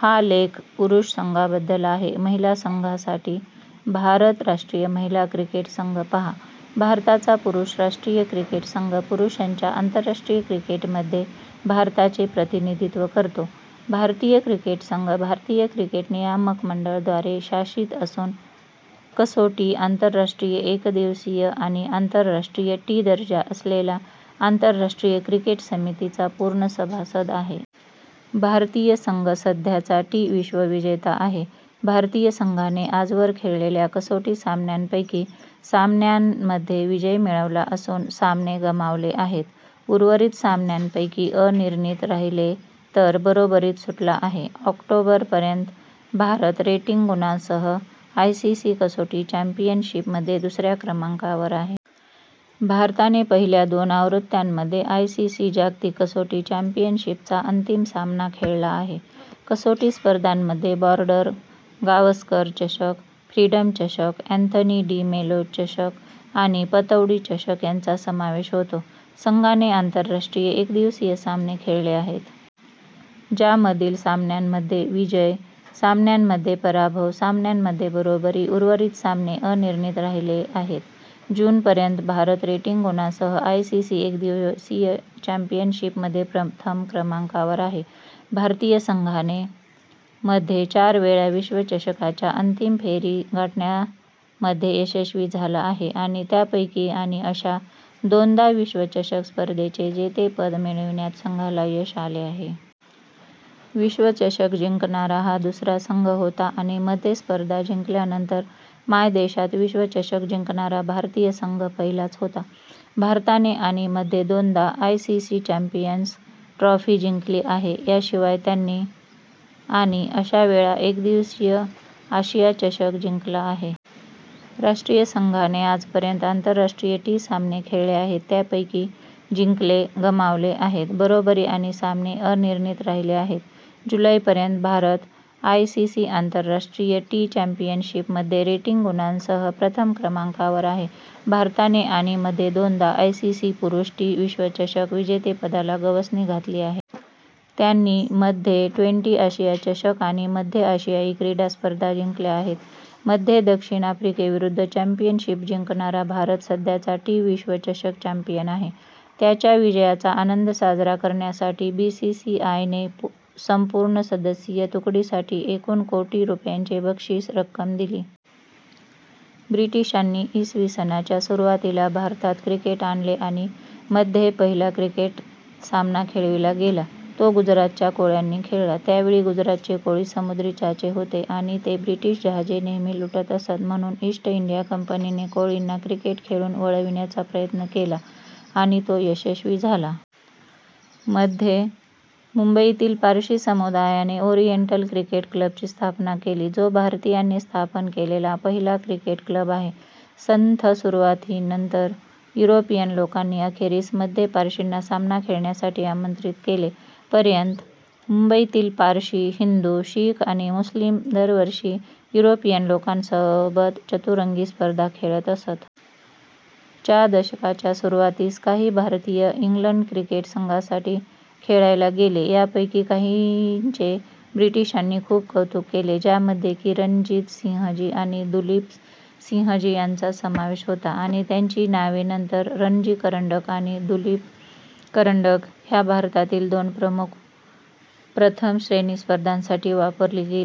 हा लेख पुरुष संघाबद्दल आहे. महिला संघासाठी, भारत राष्ट्रीय महिला क्रिकेट संघ पहा. भारताचा पुरुष राष्ट्रीय क्रिकेट संघ पुरुषांच्या आंतरराष्ट्रीय क्रिकेटमध्ये भारताचे प्रतिनिधित्व करतो. भारतीय क्रिकेट संघ भारतीय क्रिकेट नियामक मंडळ द्वारे शासित असून कसोटी, आंतरराष्ट्रीय एकदिवसीय आणि आंतरराष्ट्रीय टी दर्जा असलेला आंतरराष्ट्रीय क्रिकेट समितीचा पूर्ण सभासद आहे. भारतीय संघ सध्याचा टी विश्वविजेता आहे. भारतीय संघाने आजवर खेळलेल्या कसोटी सामन्यांपैकी सामन्यांमध्ये विजय मिळवला असून सामने गमावले आहेत. उर्वरित सामन्यांपैकी अनिर्णित राहिले तर बरोबरीत सुटला आहे. ऑक्टोबर पर्यंत, भारत रेटिंग गुणांसह आयसीसी कसोटी चॅम्पियनशिप मध्ये दुसऱ्या क्रमांकावर आहे. भारताने पहिल्या दोन आवृत्त्यांमध्ये आयसीसी जागतिक कसोटी चॅम्पियनशिप चा अंतिम सामना खेळला आहे. कसोटी स्पर्धांमध्ये बॉर्डर-गावस्कर चषक, फ्रीडम चषक, अँथनी डि मेलो चषक आणि पतौडी चषक यांचा समावेश होतो. संघाने आंतरराष्ट्रीय एकदिवसीय सामने खेळले आहेत. ज्यामधील सामन्यांमध्ये विजय, सामन्यांमध्ये पराभव, सामन्यांमध्ये बरोबरी उर्वरित सामने अनिर्णित राहिले आहेत. जून पर्यंत, भारत रेटिंग गुणांसह आयसीसी एकदिवसीय चॅम्पियनशिपमध्ये प्रथम क्रमांकावर आहे. भारतीय संघाने,,, मध्ये चार वेळा विश्वचषका च्या अंतिम फेरी गाठण्यामध्ये यशस्वी झाला आहे आणि त्यापैकी आणि अशा दोनदा विश्वचषक स्पर्धेचे जेतेपद मिळविण्यात संघाला यश आले. विश्वचषक जिंकणारा हा दुसरा संघ होता आणि मध्ये स्पर्धा जिंकल्यानंतर मायदेशात विश्वचषक जिंकणारा भारतीय संघ पहिलाच होता. भारताने आणि मध्ये दोनदा आयसीसी चॅम्पियन्स ट्रॉफी जिंकली आहे. याशिवाय, त्यांनी,, -,,, आणि अशा वेळा एकदिवसीय आशिया चषक जिंकला आहे. राष्ट्रीय संघाने आजपर्यंत आंतरराष्ट्रीय टी सामने खेळले आहेत. त्यापैकी जिंकले, गमावले आहेत, बरोबरी आणि सामने अनिर्णित राहिले आहेत. जूलै पर्यंत, भारत आयसीसी आंतरराष्ट्रीय टी चॅम्पियनशिपमध्ये रेटिंग गुणांसह प्रथम क्रमांकावर आहे. भारताने आणि मध्ये दोनदा आयसीसी पुरुष टी विश्वचषक विजेतेपदाला गवसणी घातली आहे. त्यांनी मध्ये ट्वेंटी आशिया चषक आणि मध्ये आशियाई क्रीडा स्पर्धा जिंकल्या आहेत. मध्ये दक्षिण आफ्रिकेविरुद्ध चॅम्पियनशिप जिंकणारा भारत सध्याचा टी विश्वचषक चॅम्पियन आहे. त्यांच्या विजयाचा आनंद साजरा करण्यासाठी, बीसीसीआयने संपूर्ण सदस्यीय तुकडीसाठी एकूण कोटी रुपयांची बक्षीस रक्कम दिली. ब्रिटिशांनी इ. स. च्या सुरुवातीला भारतात क्रिकेट आणले आणि मध्ये पहिला क्रिकेट सामना खेळविला गेला. तो गुजरातच्या कोळ्यांनी खेळला. त्यावेळी गुजरातचे कोळी समुद्री चाचे होते आणि ते ब्रिटीश जहाजे नेहमी लुटत असत म्हणून ईस्ट इंडिया कंपनी ने कोळींना क्रिकेट खेळून वळविण्याचा प्रयत्न केला आणि तो यशस्वी झाला. मध्ये, मुंबईतील पारशी समुदायाने ओरिएंटल क्रिकेट क्लबची स्थापना केली, जो भारतीयांनी स्थापन केलेला पहिला क्रिकेट क्लब आहे. संथ सुरुवातीनंतर, युरोपियन लोकांनी अखेरीस मध्ये पारशींना सामना खेळण्यासाठी आमंत्रित केले. पर्यंत, मुंबईतील पारशी, हिंदू, शीख आणि मुस्लिम दरवर्षी युरोपियन लोकांसोबत चतुरंगी स्पर्धा खेळत असत. च्या दशकाच्या सुरुवातीस, काही भारतीय इंग्लंड क्रिकेट संघासाठी खेळायला गेले. यापैकी काहींचे ब्रिटीशांनी खूप कौतुक केले, ज्यामध्ये की रणजितसिंहजी आणि दुलीपसिंहजी यांचा समावेश होता आणि त्यांची नावे नंतर रणजी करंडक आणि दुलीप करंडक ह्या भारतातील दोन प्रमुख प्रथम श्रेणी स्पर्धांसाठी वापरली गेली.